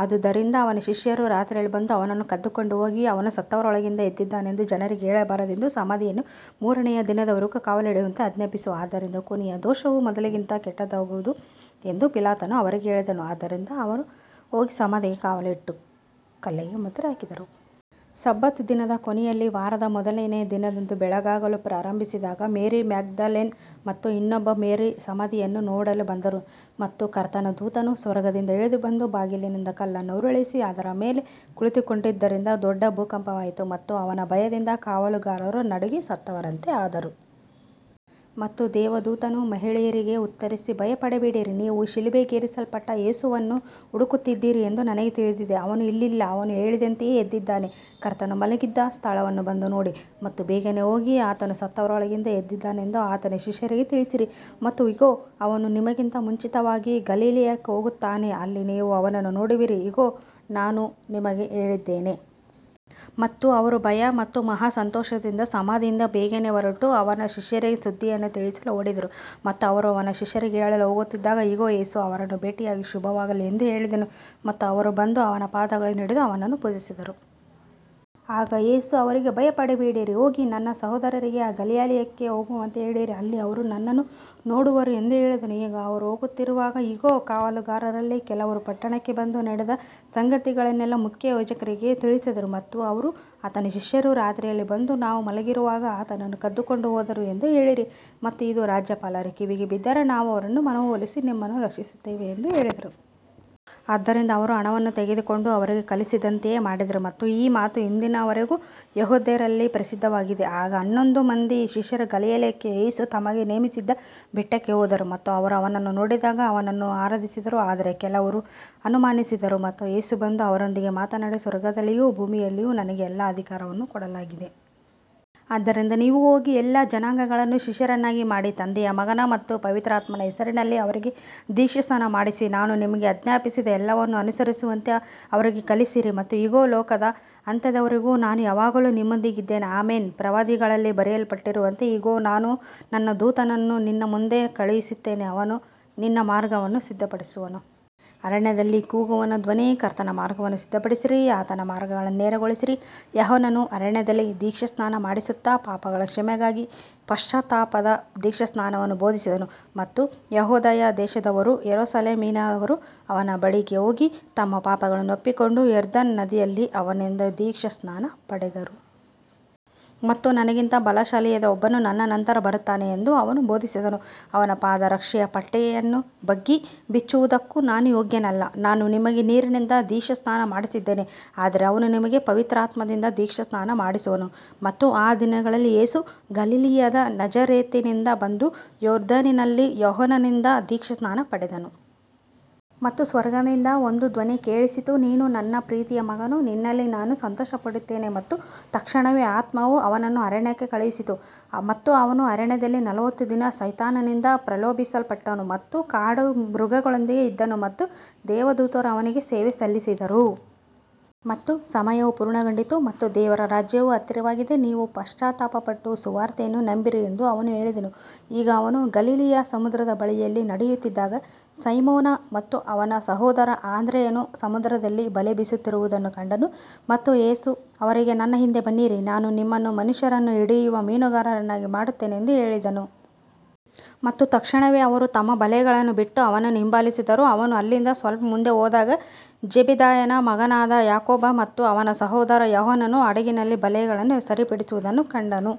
ಆದುದರಿಂದ ಅವನ ಶಿಷ್ಯರು ರಾತ್ರಿಯಲ್ಲಿ ಬಂದು ಅವನನ್ನು ಕದ್ದುಕೊಂಡು ಹೋಗಿ ಅವನು ಸತ್ತವರೊಳಗಿಂದ ಎದ್ದಿದ್ದಾನೆಂದು ಜನರಿಗೆ ಹೇಳಬಾರದೆಂದು ಸಮಾಧಿಯನ್ನು ಮೂರನೆಯ ದಿನದವರೆಗೆ ಕಾವಲಿಡುವಂತೆ ಆಜ್ಞಾಪಿಸು, ಆದ್ದರಿಂದ ಕೊನೆಯ ದೋಷವು ಮೊದಲಿಗಿಂತ ಕೆಟ್ಟದ್ದಾಗುವುದು ಎಂದು ಪಿಲಾತನು ಅವರಿಗೆ ಹೇಳಿದನು, ಆದ್ದರಿಂದ ಅವರು ಹೋಗಿ ಸಮಾಧಿಗೆ ಕಾವಲು ಇಟ್ಟು ಕಲ್ಲಿಗೆ ಮುದ್ರೆ ಹಾಕಿದರು. ಸಬ್ಬತ್ ದಿನದ ಕೊನೆಯಲ್ಲಿ ವಾರದ ಮೊದಲನೆಯ ದಿನದಂದು ಬೆಳಗಾಗಲು ಪ್ರಾರಂಭಿಸಿದಾಗ ಮೇರಿ ಮ್ಯಾಗ್ದಲೇನ್ ಮತ್ತು ಇನ್ನೊಬ್ಬ ಮೇರಿ ಸಮಾಧಿಯನ್ನು ನೋಡಲು ಬಂದರು. ಮತ್ತು ಕರ್ತನ ದೂತನು ಸ್ವರ್ಗದಿಂದ ಇಳಿದು ಬಂದು ಬಾಗಿಲಿನಿಂದ ಕಲ್ಲನ್ನು ಉರುಳಿಸಿ ಅದರ ಮೇಲೆ ಕುಳಿತುಕೊಂಡಿದ್ದರಿಂದ ದೊಡ್ಡ ಭೂಕಂಪವಾಯಿತು. ಮತ್ತು ಅವನ ಭಯದಿಂದ ಕಾವಲುಗಾರರು ನಡುಗಿ ಸತ್ತವರಂತೆ ಆದರು. ಮತ್ತು ದೇವದೂತನು ಮಹಿಳೆಯರಿಗೆ ಉತ್ತರಿಸಿ, ಭಯಪಡಬೇಡಿರಿ, ನೀವು ಶಿಲುಬೆಗೇರಿಸಲ್ಪಟ್ಟ ಯೇಸುವನ್ನು ಹುಡುಕುತ್ತಿದ್ದೀರಿ ಎಂದು ನನಗೆ ತಿಳಿದಿದೆ. ಅವನು ಇಲ್ಲಿಲ್ಲ, ಅವನು ಹೇಳಿದಂತೆಯೇ ಎದ್ದಿದ್ದಾನೆ, ಕರ್ತನು ಮಲಗಿದ್ದ ಸ್ಥಳವನ್ನು ಬಂದು ನೋಡಿ. ಮತ್ತು ಬೇಗನೆ ಹೋಗಿ, ಆತನು ಸತ್ತವರೊಳಗಿಂದ ಎದ್ದಿದ್ದಾನೆಂದು ಆತನ ಶಿಷ್ಯರಿಗೆ ತಿಳಿಸಿರಿ, ಮತ್ತು ಇಗೋ, ಅವನು ನಿಮಗಿಂತ ಮುಂಚಿತವಾಗಿ ಗಲಿಲಾಯಕ್ಕೆ ಹೋಗುತ್ತಾನೆ, ಅಲ್ಲಿ ನೀವು ಅವನನ್ನು ನೋಡುವಿರಿ, ಇಗೋ, ನಾನು ನಿಮಗೆ ಹೇಳಿದ್ದೇನೆ. ಮತ್ತು ಅವರು ಭಯ ಮತ್ತು ಮಹಾ ಸಂತೋಷದಿಂದ ಸಮಾಧಿಯಿಂದ ಬೇಗನೆ ಹೊರಟು, ಅವನ ಶಿಷ್ಯರಿಗೆ ಸುದ್ದಿಯನ್ನು ತಿಳಿಸಲು ಓಡಿದರು. ಮತ್ತು ಅವರು ಅವನ ಶಿಷ್ಯರಿಗೆ ಹೇಳಲು ಹೋಗುತ್ತಿದ್ದಾಗ, ಇಗೋ, ಯೇಸು ಅವರನ್ನು ಭೇಟಿಯಾಗಿ, ಶುಭವಾಗಲಿ ಎಂದು ಹೇಳಿದನು, ಮತ್ತು ಅವರು ಬಂದು ಅವನ ಪಾದಗಳನ್ನು ಹಿಡಿದು ಅವನನ್ನು ಪೂಜಿಸಿದರು. ಆಗ ಯೇಸು ಅವರಿಗೆ, ಭಯಪಡಬೇಡಿರಿ, ಹೋಗಿ ನನ್ನ ಸಹೋದರರಿಗೆ ಗಲಿಲಾಯಕ್ಕೆ ಹೋಗುವಂತೆ ಹೇಳಿರಿ, ಅಲ್ಲಿ ಅವರು ನನ್ನನ್ನು ನೋಡುವರು ಎಂದು ಹೇಳಿದನು. ಈಗ ಅವರು ಹೋಗುತ್ತಿರುವಾಗ, ಇಗೋ, ಕಾವಲುಗಾರರಲ್ಲಿ ಕೆಲವರು ಪಟ್ಟಣಕ್ಕೆ ಬಂದು ನಡೆದ ಸಂಗತಿಗಳನ್ನೆಲ್ಲಾ ಮುಖ್ಯಯಾಜಕರಿಗೆ ತಿಳಿಸಿದರು. ಮತ್ತು ಅವರು, ಆತನ ಶಿಷ್ಯರು ರಾತ್ರಿಯಲ್ಲಿ ಬಂದು ನಾವು ಮಲಗಿರುವಾಗ ಆತನನ್ನು ಕದ್ದುಕೊಂಡು ಹೋದರು ಎಂದು ಹೇಳಿರಿ, ಮತ್ತು ಇದು ರಾಜ್ಯಪಾಲರ ಕಿವಿಗೆ ಬಿದ್ದರೆ ನಾವು ಅವರನ್ನು ಮನವೊಲಿಸಿ ನಿಮ್ಮನ್ನು ರಕ್ಷಿಸುತ್ತೇವೆ ಎಂದು ಹೇಳಿದರು. ಆದ್ದರಿಂದ ಅವರು ಹಣವನ್ನು ತೆಗೆದುಕೊಂಡು, ಅವರಿಗೆ ಕಲಿಸಿದಂತೆಯೇ ಮಾಡಿದರು, ಮತ್ತು ಈ ಮಾತು ಇಂದಿನವರೆಗೂ ಯೆಹೂದ್ಯರಲ್ಲಿ ಪ್ರಸಿದ್ಧವಾಗಿದೆ. ಆಗ ಹನ್ನೊಂದು ಮಂದಿ ಶಿಷ್ಯರು ಗಲಿಲಾಯಕ್ಕೆ, ಯೇಸು ತಮಗೆ ನೇಮಿಸಿದ್ದ ಬೆಟ್ಟಕ್ಕೆ ಹೋದರು. ಮತ್ತು ಅವರು ಅವನನ್ನು ನೋಡಿದಾಗ ಅವನನ್ನು ಆರಾಧಿಸಿದರು, ಆದರೆ ಕೆಲವರು ಅನುಮಾನಿಸಿದರು. ಮತ್ತು ಯೇಸು ಬಂದು ಅವರೊಂದಿಗೆ ಮಾತನಾಡಿ, ಸ್ವರ್ಗದಲ್ಲಿಯೂ ಭೂಮಿಯಲ್ಲಿಯೂ ನನಗೆ ಎಲ್ಲಾ ಅಧಿಕಾರವನ್ನು ಕೊಡಲಾಗಿದೆ. ಆದ್ದರಿಂದ ನೀವು ಹೋಗಿ ಎಲ್ಲಾ ಜನಾಂಗಗಳನ್ನು ಶಿಷ್ಯರನ್ನಾಗಿ ಮಾಡಿ, ತಂದೆಯ, ಮಗನ ಮತ್ತು ಪವಿತ್ರಾತ್ಮನ ಹೆಸರಿನಲ್ಲಿ ಅವರಿಗೆ ದೀಕ್ಷಾಸ್ನಾನ ಮಾಡಿಸಿ, ನಾನು ನಿಮಗೆ ಆಜ್ಞಾಪಿಸಿದ ಎಲ್ಲವನ್ನೂ ಅನುಸರಿಸುವಂತೆ ಅವರಿಗೆ ಕಲಿಸಿರಿ, ಮತ್ತು ಇಗೋ, ಲೋಕದ ಅಂತ್ಯದವರೆಗೂ ನಾನು ಯಾವಾಗಲೂ ನಿಮ್ಮೊಂದಿಗಿದ್ದೇನೆ, ಆಮೆನ್. ಪ್ರವಾದಿಗಳಲ್ಲಿ ಬರೆಯಲ್ಪಟ್ಟಿರುವಂತೆ, ಇಗೋ, ನಾನು ನನ್ನ ದೂತನನ್ನು ನಿನ್ನ ಮುಂದೆ ಕಳುಹಿಸುತ್ತೇನೆ, ಅವನು ನಿನ್ನ ಮಾರ್ಗವನ್ನು ಸಿದ್ಧಪಡಿಸುವನು. ಅರಣ್ಯದಲ್ಲಿ ಕೂಗುವವನ ಧ್ವನಿ, ಕರ್ತನ ಮಾರ್ಗವನ್ನು ಸಿದ್ಧಪಡಿಸಿರಿ, ಆತನ ಮಾರ್ಗಗಳನ್ನು ನೇರಗೊಳಿಸಿರಿ. ಯೋಹಾನನು ಅರಣ್ಯದಲ್ಲಿ ದೀಕ್ಷಾಸ್ನಾನ ಮಾಡಿಸುತ್ತಾ, ಪಾಪಗಳ ಕ್ಷಮೆಗಾಗಿ ಪಶ್ಚಾತ್ತಾಪದ ದೀಕ್ಷಾಸ್ನಾನವನ್ನು ಬೋಧಿಸಿದನು. ಮತ್ತು ಯೆಹೂದಾಯ ದೇಶದವರೂ ಯೆರೂಸಲೇಮಿನವರೂ ಅವನ ಬಳಿಗೆ ಹೋಗಿ ತಮ್ಮ ಪಾಪಗಳನ್ನು ಒಪ್ಪಿಕೊಂಡು, ಯೊರ್ದಾನ್ ನದಿಯಲ್ಲಿ ಅವನಿಂದ ದೀಕ್ಷಾಸ್ನಾನ ಪಡೆದರು. ಮತ್ತು ನನಗಿಂತ ಬಲಶಾಲಿಯಾದ ಒಬ್ಬನು ನನ್ನ ನಂತರ ಬರುತ್ತಾನೆ ಎಂದು ಅವನು ಬೋಧಿಸಿದನು, ಅವನ ಪಾದರಕ್ಷೆಯ ಪಟ್ಟಿಯನ್ನು ಬಗ್ಗಿ ಬಿಚ್ಚುವುದಕ್ಕೂ ನಾನು ಯೋಗ್ಯನಲ್ಲ. ನಾನು ನಿಮಗೆ ನೀರಿನಿಂದ ದೀಕ್ಷಾಸ್ನಾನ ಮಾಡಿಸಿದ್ದೇನೆ, ಆದರೆ ಅವನು ನಿಮಗೆ ಪವಿತ್ರಾತ್ಮದಿಂದ ದೀಕ್ಷಾಸ್ನಾನ ಮಾಡಿಸುವನು. ಮತ್ತು ಆ ದಿನಗಳಲ್ಲಿ ಯೇಸು ಗಲಿಲಾಯದ ನಜರೇತಿನಿಂದ ಬಂದು, ಯೊರ್ದಾನಿನಲ್ಲಿ ಯೋಹಾನನಿಂದ ದೀಕ್ಷಾಸ್ನಾನ ಪಡೆದನು. ಮತ್ತು ಸ್ವರ್ಗದಿಂದ ಒಂದು ಧ್ವನಿ ಕೇಳಿಸಿತು, ನೀನು ನನ್ನ ಪ್ರೀತಿಯ ಮಗನು, ನಿನ್ನಲ್ಲಿ ನಾನು ಸಂತೋಷಪಡುತ್ತೇನೆ. ಮತ್ತು ತಕ್ಷಣವೇ ಆತ್ಮವು ಅವನನ್ನು ಅರಣ್ಯಕ್ಕೆ ಕಳುಹಿಸಿತು. ಮತ್ತು ಅವನು ಅರಣ್ಯದಲ್ಲಿ ನಲವತ್ತು ದಿನ ಸೈತಾನನಿಂದ ಪ್ರಲೋಭಿಸಲ್ಪಟ್ಟನು, ಮತ್ತು ಕಾಡು ಮೃಗಗಳೊಂದಿಗೆ ಇದ್ದನು, ಮತ್ತು ದೇವದೂತರು ಅವನಿಗೆ ಸೇವೆ ಸಲ್ಲಿಸಿದರು. ಮತ್ತು ಸಮಯವು ಪೂರ್ಣಗೊಂಡಿತು, ಮತ್ತು ದೇವರ ರಾಜ್ಯವು ಹತ್ತಿರವಾಗಿದೆ, ನೀವು ಪಶ್ಚಾತ್ತಾಪಪಟ್ಟು ಸುವಾರ್ತೆಯನ್ನು ನಂಬಿರಿ ಎಂದು ಅವನು ಹೇಳಿದನು. ಈಗ ಅವನು ಗಲಿಲಾಯ ಸಮುದ್ರದ ಬಳಿಯಲ್ಲಿ ನಡೆಯುತ್ತಿದ್ದಾಗ, ಸೈಮೋನ ಮತ್ತು ಅವನ ಸಹೋದರ ಆಂದ್ರೆಯನು ಸಮುದ್ರದಲ್ಲಿ ಬಲೆ ಬೀಸುತ್ತಿರುವುದನ್ನು ಕಂಡನು. ಮತ್ತು ಯೇಸು ಅವರಿಗೆ, ನನ್ನ ಹಿಂದೆ ಬನ್ನಿರಿ, ನಾನು ನಿಮ್ಮನ್ನು ಮನುಷ್ಯರನ್ನು ಹಿಡಿಯುವ ಮೀನುಗಾರರನ್ನಾಗಿ ಮಾಡುತ್ತೇನೆ ಎಂದು ಹೇಳಿದನು. ಮತ್ತು ತಕ್ಷಣವೇ ಅವರು ತಮ್ಮ ಬಲೆಗಳನ್ನು ಬಿಟ್ಟು ಅವನನ್ನು ಹಿಂಬಾಲಿಸಿದರು. ಅವನು ಅಲ್ಲಿಂದ ಸ್ವಲ್ಪ ಮುಂದೆ ಹೋದಾಗ, ಜೆಬೆದಾಯನ ಮಗನಾದ ಯಾಕೋಬ ಮತ್ತು ಅವನ ಸಹೋದರ ಯೋಹಾನನು ಹಡಗಿನಲ್ಲಿ ಬಲೆಗಳನ್ನು ಸರಿಪಡಿಸುವುದನ್ನು ಕಂಡನು.